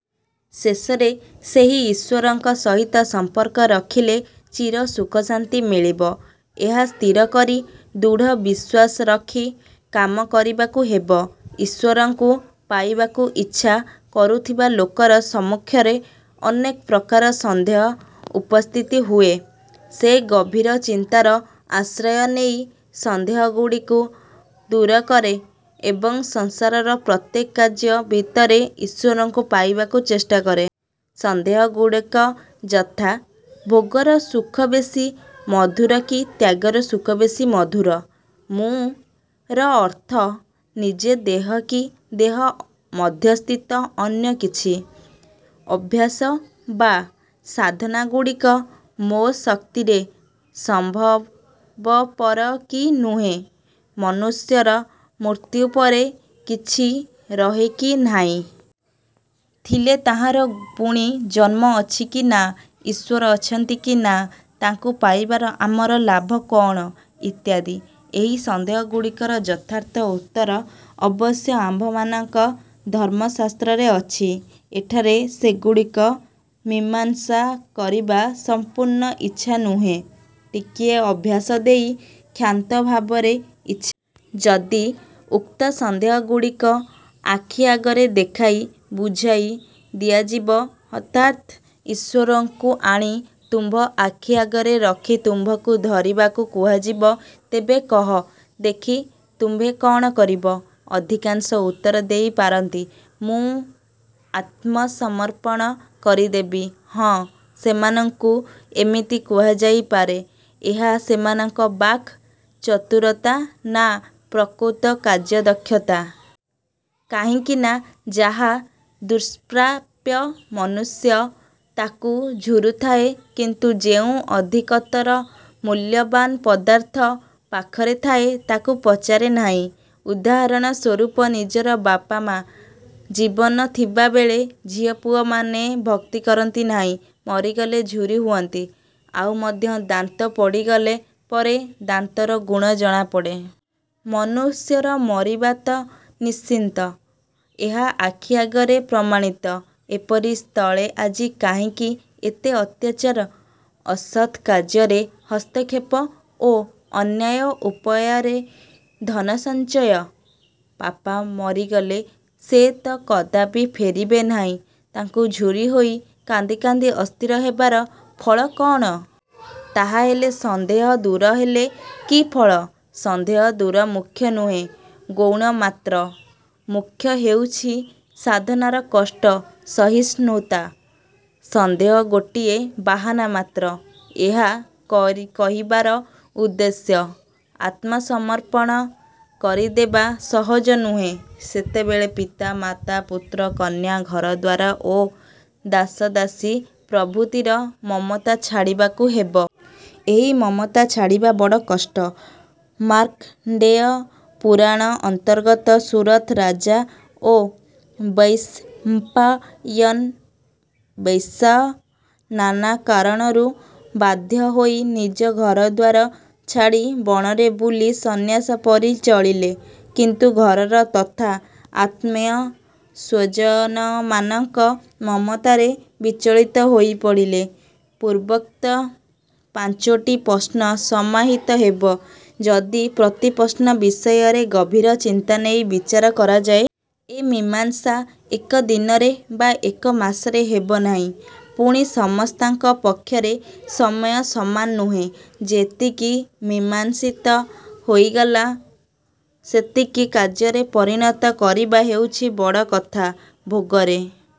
ଶେଷରେ ସେହି ଈଶ୍ଵରଙ୍କ ସହିତ ସମ୍ପର୍କ ରଖିଲେ ଚିର ସୁଖଶାନ୍ତି ମିଳିବ, ଏହା ସ୍ଥିର କରି ଦୃଢ଼ ବିଶ୍ଵାସ ରଖି କାମ କରିବାକୁ ହେବ। ଈଶ୍ଵରଙ୍କୁ ପାଇବାକୁ ଇଚ୍ଛା କରୁଥିବା ଲୋକର ସମ୍ମୁଖରେ ଅନେକ ପ୍ରକାର ସନ୍ଦେହ ଉପସ୍ଥିତ ହୁଏ। ସେ ଗଭୀର ଚିନ୍ତାର ଆଶ୍ରୟ ନେଇ ସନ୍ଦେହଗୁଡ଼ିକ ଦୂର କରେ ଏବଂ ସଂସାରର ପ୍ରତ୍ୟେକ କାର୍ଯ୍ୟ ଭିତରେ ଈଶ୍ଵରଙ୍କୁ ପାଇବାକୁ ଚେଷ୍ଟା କରେ। ସନ୍ଦେହଗୁଡ଼ିକ ଯଥା– ଭୋଗର ସୁଖ ବେଶୀ ମଧୁର କି ତ୍ୟାଗର ସୁଖ ବେଶୀ ମଧୁର? "ମୁଁ"ର ଅର୍ଥ ନିଜ ଦେହ କି ଦେହ ମଧ୍ୟସ୍ଥିତ ଅନ୍ୟ କିଛି? ଅଭ୍ୟାସ ବା ସାଧନାଗୁଡ଼ିକ ମୋ ଶକ୍ତିରେ ସମ୍ଭବପର କି ନୁହେଁ-? ମନୁଷ୍ୟର ମୃତ୍ୟୁ ପରେ କିଛି ରହେ କି ନାହିଁ? ଥିଲେ ତାହାର ପୁଣି ଜନ୍ମ ଅଛି କି ନାଁ-? ଈଶ୍ଵର ଅଛନ୍ତି କି ନାଁ? ତାଙ୍କୁ ପାଇବାର ଆମର ଲାଭ କଅଣ? ଇତ୍ୟାଦି। ଏହି ସନ୍ଦେହଗୁଡ଼ିକର ଯଥାର୍ଥ ଉତ୍ତର ଅବଶ୍ୟ ଆମ୍ଭମାନଙ୍କ ଧର୍ମଶାସ୍ତ୍ରରେ ଅଛି। ଏଠାରେ ସେଗୁଡ଼ିକ ମୀମାଂସା କରିବା ସମ୍ପୂର୍ଣ୍ଣ ଇଚ୍ଛା ନୁହେଁ, ଟିକିଏ ଆଭାସ ଦେଇ କ୍ଷାନ୍ତ ହେବାର ଇଚ୍ଛା। ଯଦି, ଉକ୍ତ ସନ୍ଦେହଗୁଡ଼ିକ ଆଖି ଆଗରେ ଦେଖାଇ ବୁଝାଇ ଦିଆଯିବ ଅର୍ଥାତ୍ ଈଶ୍ଵରଙ୍କୁ ଆଣି ତୁମ୍ଭ ଆଖି ଆଗରେ ରଖି ତୁମ୍ଭଙ୍କୁ ଧରିବାକୁ କୁହାଯିବ, ତେବେ କହ ଦେଖି ତୁମ୍ଭେ କ'ଣ କରିବ? ଅଧିକାଂଶ ଉତ୍ତର ଦେଇ ପାରନ୍ତି, "ମୁଁ ଆତ୍ମସମର୍ପଣ କରିଦେବି। " ହଁ, ସେମାନଙ୍କୁ ଏତିକି କୁହାଯାଇ ପାରେ; ଏହା ସେମାନଙ୍କ ବାକ୍ ଚତୁରତା ନାଁ ପ୍ରକୃତ କାର୍ଯ୍ୟଦକ୍ଷତା। କାହିଁକି ନାଁ, ଯାହା ଦୁଷ୍ପ୍ରାପ୍ୟ ମନୁଷ୍ୟ ତାକୁ ଝୁରୁଥାଏ କିନ୍ତୁ ଯେଉଁ ଅଧିକତର ମୂଲ୍ୟବାନ୍ ପଦାର୍ଥ ପାଖରେ ଥାଏ ତାକୁ ପଚାରେ ନାହିଁ। ଉଦାହରଣ ସ୍ୱରୂପ ନିଜର ବାପମା ଜୀବନ ଥିବାବେଳେ ପୁଅଝିଅମାନେ ଭକ୍ତି କରନ୍ତି ନାହିଁ, ମରିଗଲେ ଝୁରି ହୁଅନ୍ତି। ଆଉ ମଧ୍ୟ ଦାନ୍ତ ପଡ଼ିଗଲା ପରେ ଦାନ୍ତର ଗୁଣ ଜଣାପଡ଼େ। ମନୁଷ୍ୟର ମରିବା ତ ନିଶ୍ଚିତ, ଏହା ଆଖି ଆଗରେ ପ୍ରମାଣିତ। ଏପରି ସ୍ଥଳେ ଆଜି କାହିଁକି ଏତେ ଅତ୍ୟାଚାର, ଅସତ୍ କାର୍ଯ୍ୟରେ ହସ୍ତକ୍ଷେପ ଓ ଅନ୍ୟାୟ ଉପୟାରେ ଧନସଞ୍ଚୟ? ବାପା ମରିଗଲେ ସେ ତ କଦାପି ଫେରିବେ ନାହିଁ; ତାଙ୍କୁ ଝୁରି ହୋଇ କାନ୍ଦି କାନ୍ଦି ଅସ୍ଥିର ହେବାର ଫଳ କଅଣ? ତାହାହେଲେ ସନ୍ଦେହ ଦୂର ହେଲେ କି ଫଳ? ସନ୍ଦେହ ଦୂର ମୁଖ୍ୟ ନୁହେଁ, ଗୌଣ ମାତ୍ର। ମୁଖ୍ୟ ହେଉଛି ସାଧନାର କଷ୍ଟ ସହିଷ୍ଣୁତା। ସନ୍ଦେହ ଗୋଟିଏ ବାହାନା ମାତ୍ର। ଏହା କହିବାର ଉଦ୍ଦେଶ୍ୟ ଆତ୍ମସମର୍ପଣ କରିଦେବା ସହଜ ନୁହେଁ। ସେତେବେଳେ ପିତା ମାତା, ପୁତ୍ର କନ୍ୟା, ଘରଦ୍ଵାର ଓ ଦାସଦାସୀ ପ୍ରଭୃତିର ମମତା ଛାଡ଼ିବାକୁ ହେବ। ଏହି ମମତା ଛାଡ଼ିବା ବଡ଼ କଷ୍ଟ। ମାର୍କଣ୍ଡେୟ ପୁରାଣ ଅନ୍ତର୍ଗତ ସୁରଥ ରାଜା ଓ ବୈଶମ୍ପାୟନ ବୈଶ୍ୟ ନାନା କାରଣରୁ ବାଧ୍ୟ ହୋଇ ନିଜ ଘରଦ୍ଵାର ଛାଡ଼ି ବଣରେ ବୁଲି ସନ୍ନ୍ୟାସପରି ଚଳିଲେ, କିନ୍ତୁ ଘରର ତଥା ଆତ୍ମୀୟସ୍ଵଜନମାନଙ୍କ ମମତାରେ ବିଚଳିତ ହୋଇ ପଡ଼ିଲେ। ପୂର୍ବୋକ୍ତ ପାଞ୍ଚଟି ପ୍ରଶ୍ନ ସମାହିତ ହେବ, ଯଦି ପ୍ରତି ପ୍ରଶ୍ନ ବିଷୟରେ ଗଭୀର ଚିନ୍ତା ନେଇ ବିଚାର କରାଯାଏ। ଏ ମୀମାଂସା ଏକ ଦିନରେ ବା ଏକ ମାସରେ ହେବ ନାହିଁ। ପୁଣି ସମସ୍ତଙ୍କ ପକ୍ଷରେ ସମୟ ସମାନ ନୁହେଁ। ଯେତିକି, ମୀମାଂସିତ ହୋଇଗଲା ସେତିକି କାର୍ଯ୍ୟରେ ପରିଣତ କରିବା ହେଉଛି ବଡ଼ କଥା। ଭୋଗରେ